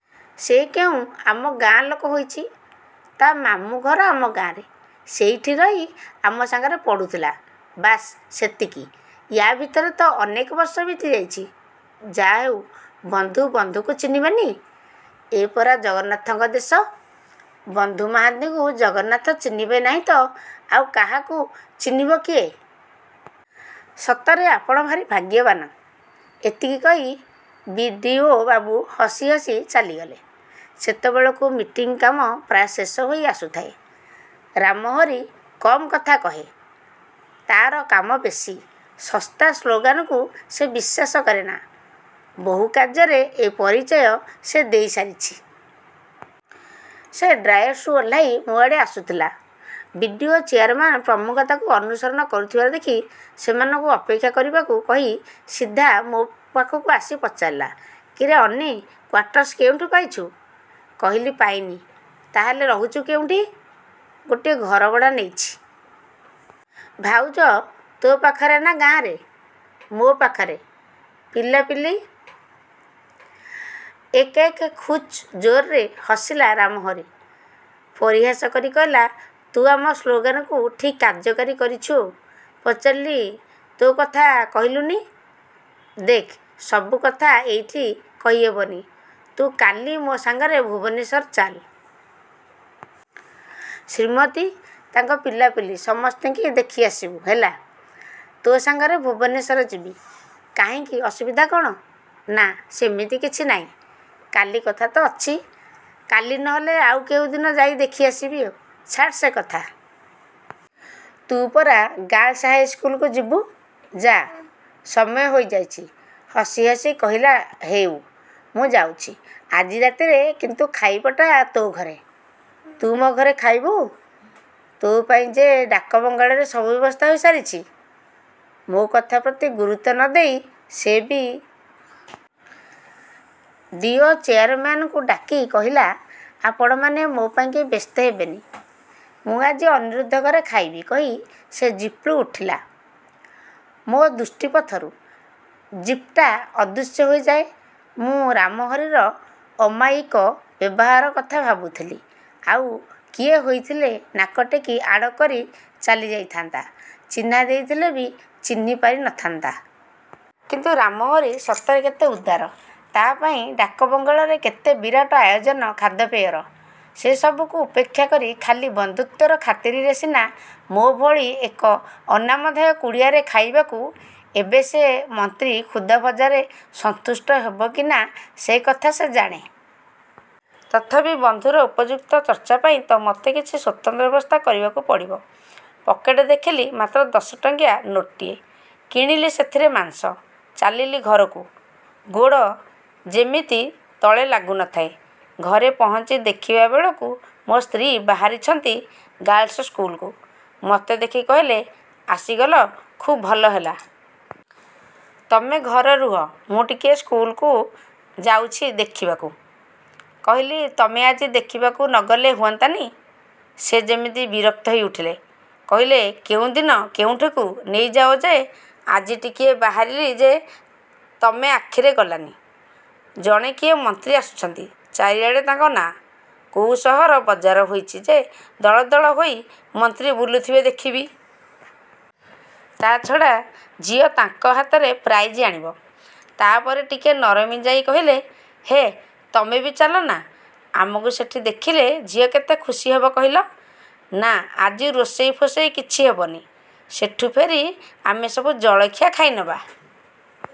ସେ କେଉଁ ଆମ ଗାଁ ଲୋକ ହୋଇଛି, ତା' ମାମୁଁ ଘର ଆମ ଗାଁଆରେ। ସେଇଠି ରହି ଆମ ସାଙ୍ଗରେ ପଢ଼ୁଥିଲା। ବାସ୍ ସେତିକି, ୟା' ଭିତରେ ତ ଅନେକ ବର୍ଷ ବିତିଯାଇଛି। 'ଯାହାହେଉ ବନ୍ଧୁ ବନ୍ଧୁଙ୍କୁ ଚିହ୍ନିବେନି? ଏପରା ଜଗନ୍ନାଥଙ୍କ ଦେଶ, ବନ୍ଧୁ ମହାନ୍ତିଙ୍କୁ ଜଗନ୍ନାଥ ଚିହ୍ନିବେ ନାହିଁ ତ ଆଉ ଚିହ୍ନିବ କିଏ? ସତରେ ଆପଣ ଭାରି ଭାଗ୍ୟବାନ। ଏତିକି କହି ବି. ଡ଼ି. ଓ. ବାବୁ ହସି ହସି ଚାଲିଗଲେ। ସେତେବେଳକୁ ମିଟିଂ କାମ ପ୍ରାୟ ଶେଷ ହୋଇ ଆସୁଥାଏ-। ରାମହରି କମ୍ କଥା କହେ-ତା'ର କାମ ବେଶୀ। ଶସ୍ତା ସ୍ଲୋଗାନକୁ ସେ ବିଶ୍ୱାସ କରେନା-। ବହୁ କାର୍ଯ୍ୟରେ ଏ ପରିଚୟ ସେ ଦେଇସାରିଛି। ସେ ଡାୟାସ୍ରୁ ଓହ୍ଲାଇ ମୋ' ଆଡ଼େ ଆସୁଥିଲା। ବି. ଡ଼ି. ଓ., ଚେୟାରମ୍ୟାନ ପ୍ରମୁଖ ତାକୁ ଅନୁସରଣ କରୁଥିବାର ଦେଖି ସେମାନଙ୍କୁ ଅପେକ୍ଷା କରିବାକୁ କହି ସିଧା ମୋ' ପାଖକୁ ଆସି ପଚାରିଲା-କିରେ ଅନି କ୍ୱାଟର୍ସ କେଉଁଠି ପାଇଛୁ? କହିଲି-ପାଇନି। ତା'ହେଲେ ରହୁଛୁ କେଉଁଠି? ଗୋଟିଏ ଘର ଭଡ଼ା ନେଇଛି। ଭାଉଜ ତୋ ପାଖରେ ନା ଗାଆଁରେ? ମୋ' ପାଖରେ। ପିଲାପିଲି? ଏକ୍ ଏକ୍। ଖୁବ୍ ଜୋରରେ ହସିଲା ରାମହରି। ପରିହାସ କରି କହିଲା-ତୁ ଆମ ସ୍ଳୋଗାନକୁ ଠିକ୍ କାର୍ଯ୍ୟକାରୀ କରିଛୁ। ପଚାରିଲି-ତୋ' କଥା କହିଲୁନି? 'ଦେଖ୍ ସବୁ କଥା ଏଇଠି କହି ହେବନି। ତୁ କାଲି ମୋ' ସାଙ୍ଗରେ ଭୁବନେଶ୍ୱର ଚାଲ୍। ଶ୍ରୀମତୀ, ତାଙ୍କ ପିଲାପିଲି ସମସ୍ତଙ୍କୁ ଦେଖି ଆସିବୁ। ହେଲା? ତୋ ସାଙ୍ଗରେ ଭୁବନେଶ୍ୱର ଯିବି? କାହିଁକି, ଅସୁବିଧା କ'ଣ? ନା, ସେମିତି କିଛି ନାହିଁ। କାଲି କଥା ତ ଅଛି। କାଲି ନ ହେଲେ ଆଉ କେଉଁଦିନ ଯାଇ ଦେଖି ଆସିବି। ଛାଡ଼ ସେ କଥା। ତୁ ପରା ଗାର୍ଲସ ହାଇସ୍କୁଲକୁ ଯିବୁ-ଯାଆ, ସମୟ ହୋଇଯାଇଛି। ହସି ହସି କହିଲା ହେଉ, ମୁଁ ଯାଉଛି। ଆଜି ରାତିରେ କିନ୍ତୁ ଖାଇବାଟା ତୋ' ଘରେ-। ତୁ ମୋ' ଘରେ ଖାଇବୁ? ତୋ ପାଇଁ ଯେ ଡାକବଙ୍ଗଳାରେ ସବୁ ବ୍ୟବସ୍ଥା ହୋଇସାରିଛି। ମୋ' କଥା ପ୍ରତି ଗୁରୁତ୍ଵ ନ ଦେଇ ସେ ବି. ଡ଼ି. ଓ., ଚେୟାରମ୍ୟାନଙ୍କୁ ଡାକି କହିଲା-ଆପଣମାନେ ମୋ' ପାଇଁ ବ୍ୟସ୍ତ ହେବେନି। ମୁଁ ଆଜି ଅନିରୁଦ୍ଧ ଘରେ ଖାଇବି କହି ସେ ଜିପ୍କୁ ଉଠିଲା। ମୋ' ଦୃଷ୍ଟିପଥରୁ। ଜିପ୍ଟା ଅଦୃଶ୍ୟ ହେବାଯାଏ ମୁଁ ରାମହରିର ଅମାୟିକ ବ୍ୟବହାର କଥା ଭାବୁଥିଲି। ଆଉ କିଏ ହୋଇଥିଲେ ନାକ ଟେକି ଆଡ଼ କରି ଚାଲିଯାଇଥାଆନ୍ତା-ଚିହ୍ନା ଦେଇଥିଲେ ବି ଚିହ୍ନି ପାରିନଥାନ୍ତା। କିନ୍ତୁ ରାମହରି ସତରେ କେତେ ଉଦାର। ତା' ପାଇଁ ଡାକବଙ୍ଗଳାରେ କେତେ ବିରାଟ ଆୟୋଜନ ଖାଦ୍ୟପେୟର। ସେ ସବୁକୁ ଉପେକ୍ଷାକରି ଖାଲି ବନ୍ଧୁତ୍ଵର ଖାତିରରେ ସିନା ମୋ' ଭଳି ଏକ ଅନାମଧେୟ କୁଡ଼ିଆରେ ଖାଇବାକୁ। ଏବେ ସେ ମନ୍ତ୍ରୀ-ଖୁଦ ଭଜାରେ ସନ୍ତୁଷ୍ଟ ହେବ କି ନା ସେ କଥା ସେ ଜାଣେ। ତଥାପି ବନ୍ଧୁର ଉପଯୁକ୍ତ ଚର୍ଚ୍ଚାପାଇଁ ତ ମୋତେ କିଛି ସ୍ଵତନ୍ତ୍ର ବ୍ୟବସ୍ଥା କରିବାକୁ ପଡ଼ିବ। ପକେଟ୍ ଦେଖିଲି ମାତ୍ର ଦଶଟଙ୍କିଆ ନୋଟ୍ଟିଏ। କିଣିଲି ସେଥିରେ ମାଂସ। ଚାଲିଲି ଘରକୁ। ଗୋଡ଼ ଯେମିତି ତଳେ ଲାଗୁ ନ ଥାଏ। ଘରେ ପହଞ୍ଚି ଦେଖିବା ବେଳକୁ ମୋ' ସ୍ତ୍ରୀ ବାହାରିଛନ୍ତି ଗାର୍ଲସସ୍କୁଲକୁ, ମୋତେ ଦେଖି କହିଲେ-ଆସିଗଲ ଖୁବ୍ ଭଲ ହେଲା। ତମେ ଘରେ ରୁହ ମୁଁ ଟିକିଏ ସ୍କୁଲକୁ ଯାଉଛି ଦେଖିବାକୁ। କହିଲି-ତମେ ଆଜି ଦେଖିବାକୁ ନ ଗଲେ ହୁଅନ୍ତାନି? ସେ ଯେମିତି ବିରକ୍ତ ହୋଇଉଠିଲେ। କହିଲେ-କେଉଁଦିନ କେଉଁଠିକୁ ନେଇ ଯାଅ ଯେ ଆଜି ଟିକିଏ ବାହାରିଲି ଯେ ତମେ ଆଖିରେ ଗଲାନି! ଜଣେ କିଏ ମନ୍ତ୍ରୀ ଆସୁଛନ୍ତି, ଚାରିଆଡ଼େ ତାଙ୍କ ନାଆଁ-କୋଉ ସହର ବଜାର ହୋଇଛି ଯେ ଦଳ ଦଳ ହୋଇ ମନ୍ତ୍ରୀ ବୁଲୁଥିବେ ଦେଖିବି। ତା' ଛଡ଼ା ଝିଅ ତାଙ୍କ ହାତରେ ପ୍ରାଇଜ୍ ଆଣିବ ତା'ପରେ ଟିକିଏ ନରମି ଯାଇ କହିଲେ-ହେ ତମେ ବି ଚାଲ ନା, ଆମକୁ ସେଠି ଦେଖିଲେ ଝିଅ କେତେ ଖୁସି ହେବ କହିଲ। ନା ଆଜି ରୋଷେଇ ଫୋସେଇ କିଛି ହେବନି, ସେଠୁ ଫେରି ଆମେ ସବୁ ଜଳଖିଆ ଖାଇନେବା।